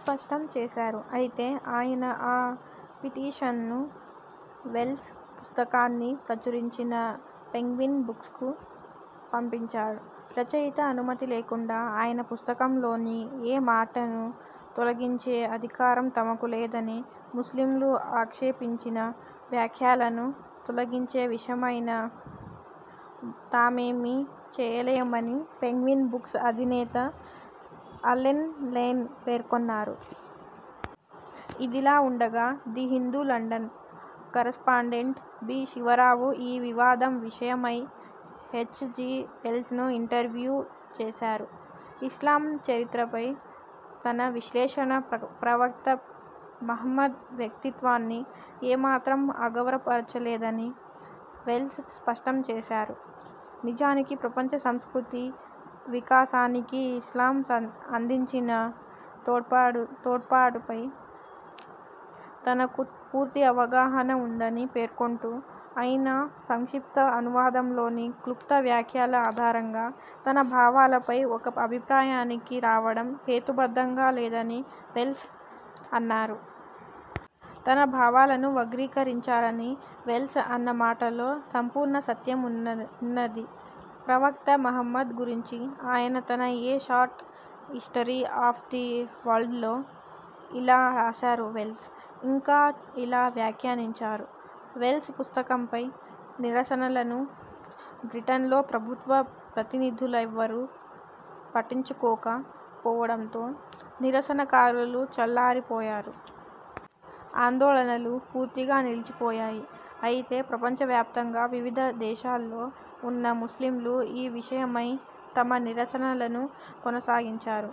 స్పష్టం చేశారు. అయితే ఆయన ఆ పిటీషన్ను వెల్స్ పుస్తకాన్ని ప్రచురించిన పెంగ్విన్ బుక్స్కు పంపించారు. రచయిత అనుమతి లేకుండా ఆయన పుస్తకం లోని ఏ మాటనూ తొలగించే అధికారం తమకు లేదని, ముస్లింలు ఆక్షేపించిన వ్యాఖ్యలను తొలగించే విషయమై తామేమీ చేయలేమని పెంగ్విన్ బుక్స్ అధినేత అల్లెన్ లేన్ పేర్కొన్నారు. ఇదిలావుండగా the Hindu London correspondent B. Sivarao ఈ వివాదం విషయమై హెచ్. జి. వెల్స్ను ఇంటర్వ్యూ చేశారు. ఇస్లాం చరిత్రపై తన విశ్లేషణ ప్రవక్త మహ్మద్ వ్యక్తిత్వాన్ని ఏమాత్రం అగౌరవపరచలేదని వెల్స్ స్పష్టం చేశారు. నిజానికి ప్రపంచ సంస్కృతీ వికాసానికి ఇస్లాం అందించిన తోడ్పాటుపై తనకు పూర్తి అవగాహన వుందని పేర్కొంటూ అయినా సంక్షిప్త అనువాదంలోని క్లుప్త వ్యాఖ్యల ఆధారంగా తన భావాలపై ఒక అభిప్రాయానికి రావడం హేతుబద్ధంగా లేదని వెల్స్ అన్నారు. తన భావాలను వక్రీకరించారని వెల్స్ అన్న మాటలో సంపూర్ణ సత్యం వున్నది. ప్రవక్త మహమ్మద్ గురించి ఆయన తన a short history of the వరల్డ్లో ఇలా రాశారు వెల్స్ ఇంకా ఇలా వ్యాఖ్యానించారు, వెల్స్ పుస్తకంపై నిరసనలను బ్రిటన్లో ప్రభుత్వ ప్రతినిధులెవ్వరూ పట్టించుకోక పోవడంతో నిరసనకారులు చల్లారి పోయారు. ఆందోళనలు పూర్తిగా నిలిచిపోయాయి. అయితే ప్రపంచ వ్యాప్తంగా వివిధ దేశాల్లో వున్న ముస్లింలు ఈ విషయమై తమ నిరసనలను కొనసాగించారు.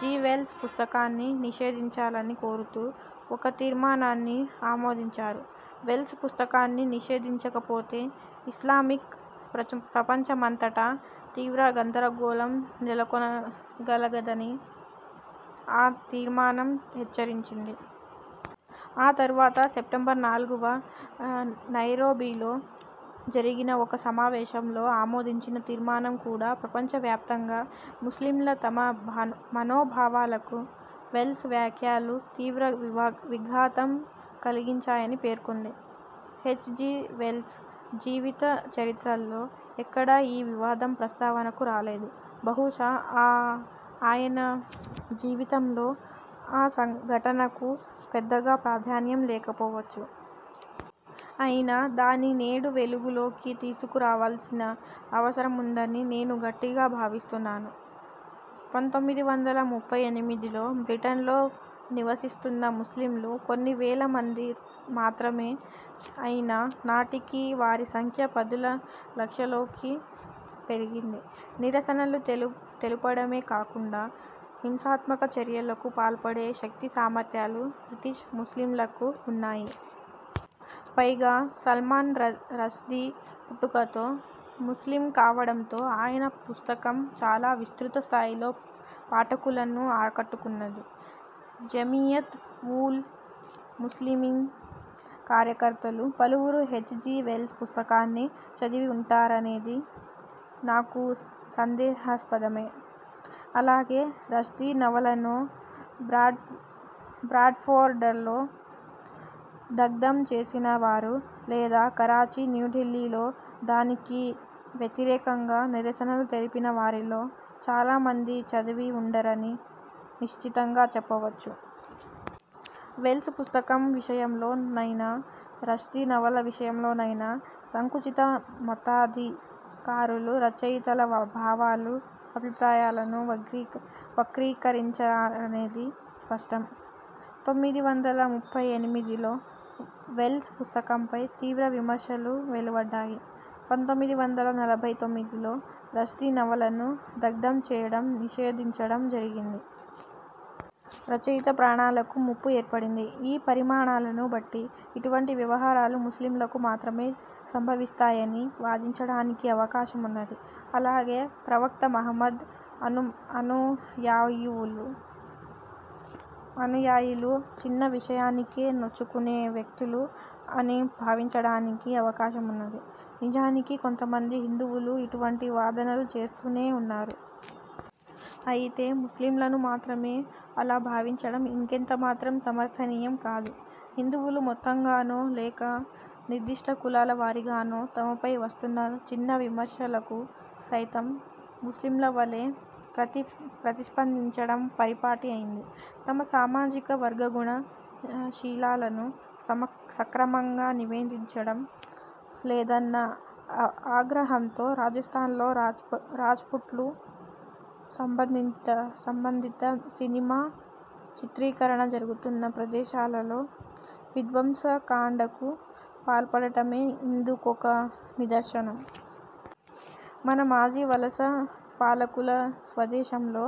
జి. వెల్స్ పుస్తకాన్ని నిషేధించాలని కోరుతూ ఒక తీర్మానాన్ని ఆమోదించారు. వెల్స్ పుస్తకాన్ని నిషేధించకపోతే ఇస్లామిక్ ప్రపంచమంతటా తీవ్ర గందరగోళం నెలకొనగలగదనీ ఆ తీర్మానం హెచ్చరించింది. ఆ తరువాత సెప్టెంబర్ నాలుగువ నైరోబీలో జరిగిన ఒక సమావేశంలో ఆమోదించిన తీర్మానం కూడా ప్రపంచ వ్యాప్తంగా ముస్లింల తమ మనోభావాలకు వెల్స్ వ్యాఖ్యలు తీవ్ర విఘాతం కలిగించాయని పేర్కొంది హెచ్. జి. వెల్స్ జీవిత చరిత్రల్లో ఎక్కడా ఈ వివాదం ప్రస్తావనకు రాలేదు. బహుశా ఆయన జీవితంలో ఆ ఘటనకు పెద్దగా ప్రాధాన్యం లేకపోవచ్చు. అయితే దాన్ని నేడు వెలుగులోకి తీసుకు రావాల్సిన అవసరముందని నేను గట్టిగా భావిస్తున్నాను. పంతొమ్మిది వందల ముప్పై ఎనిమిదిలో బ్రిటన్లో నివసిస్తున్న ముస్లింలు కొన్ని వేల మంది మాత్రమే అయినా నాటికి వారి సంఖ్య పదుల లక్షల్లోకి పెరిగింది. నిరసనలు తెలు తెలుపడమే కాకుండా హింసాత్మక చర్యలకు పాల్పడే శక్తి సామర్థ్యాలు బ్రిటిష్ ముస్లింలకు వున్నాయి. పైగా సల్మాన్ రష్దీ పుట్టుకతో ముస్లిం కావడంతో ఆయన పుస్తకం చాలా విస్తృత స్థాయిలో పాఠకులను ఆకట్టుకున్నది. జమీయత్ ఊ ల్ ముస్లిమీన్ కార్యకర్తలు పలువురు హెచ్. జి. వెల్స్ పుస్తకాన్ని చదివివుంటారనేది నాకు సందేహాస్పదమే. అలాగే రష్దీ నవలను బ్రాడ్ఫోర్డ్లో దగ్ధం చేసిన వారు లేదా కరాచీ, న్యూఢిల్లీలో దానికి వ్యతిరేకంగా నిరసనలు తెలిపిన వారిలో చాలా మంది చదివివుండరని నిశ్చితంగా చెప్పవచ్చు. వెల్స్ పుస్తకం విషయంలో నైనా, రష్దీ నవల విషయంలోనైనా సంకుచిత మతాధి కారులు రచయితల భావాలు, అభిప్రాయాలను వక్రీకరించారనేది స్పష్టం. పంతొమ్మిది వందల ముప్పై ఎనిమిదిలో వెల్స్ పుస్తకంపై తీవ్రవిమర్శలు వెలువడ్డాయి. పంతొమ్మిది వందల ఎనభై తొమ్మిదిలో రష్దీ నవలను దగ్ధం చేయడం, నిషేధించడం జరిగింది. రచయిత ప్రాణాలకు ముప్పు ఏర్పడింది. ఈ పరిణామాలను బట్టి ఇటువంటి వ్యవహారాలు ముస్లింలకు మాత్రమే సంభవిస్తాయని వాదించడానికి అవకాశ మున్నది. అలాగే ప్రవక్త మహమ్మద్ అనుయాయులు చిన్న విషయానికే నొచ్చుకునే వ్యక్తులు అని భావించడానికీ అవకాశమున్నది. నిజానికి కొంతమంది హిందువులు ఇటువంటి వాదనలు చేస్తూనే వున్నారు. అయితే ముస్లింలను మాత్రమే అలా భావించడం ఇంకెంత మాత్రం సమర్థనీయం కాదు. హిందువులు మొత్తంగానో లేక నిర్దిష్ట కులాల వారీగానో తమపై వస్తున్న చిన్న విమర్శలకు సైతం, ముస్లింల వలే ప్రతి స్పందించడం పరి పాటి అయింది. తమ సామాజిక వర్గగుణ శీలాలను సక్రమంగా నివేదించడం లేదన్న ఆగ్రహంతో రాజస్థాన్లో రాజ్పుట్లు సంబంధిత సినిమా చిత్రీకరణ జరుగుతున్న ప్రదేశాలలో విధ్వంస కాండకు పాల్పడటమే ఇందు కొక నిదర్శనం. మన మాజీ వలస పాలకుల స్వదేశంలో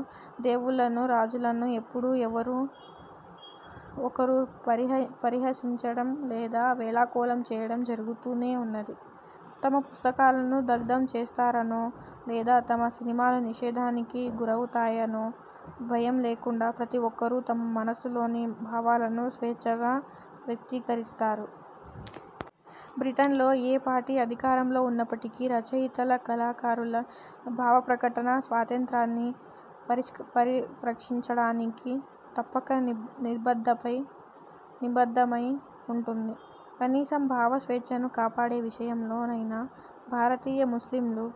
దేవుళ్లను, రాజులను ఎప్పుడూ ఎవరో ఒకరు పరిహ పరిహసించడం లేదా వేళాకోళం చేయడం జరుగుతూనే వున్నది. తమ పుస్తకాలను దగ్ధం చేస్తారనో లేదా తమ సినిమాలు నిషేధానికి గురవుతాయనో భయం లేకుండా ప్రతి ఒక్కరూ తమ మనస్సులోని భావాలను స్వేచ్ఛగా వ్యక్తీకరిస్తారు. బ్రిటన్లో ఏ పార్టీ అధికారంలో వున్నప్పటికీ రచయితల, కళాకారుల భావప్రకటనా స్వాతంత్రాన్ని పరిరక్షించడానికి తప్పక నిబద్ధమై వుంటుంది. కనీసం భావ స్వేచ్ఛను కాపాడే విషయంలో నైనా భారతీయ ముస్లింలు,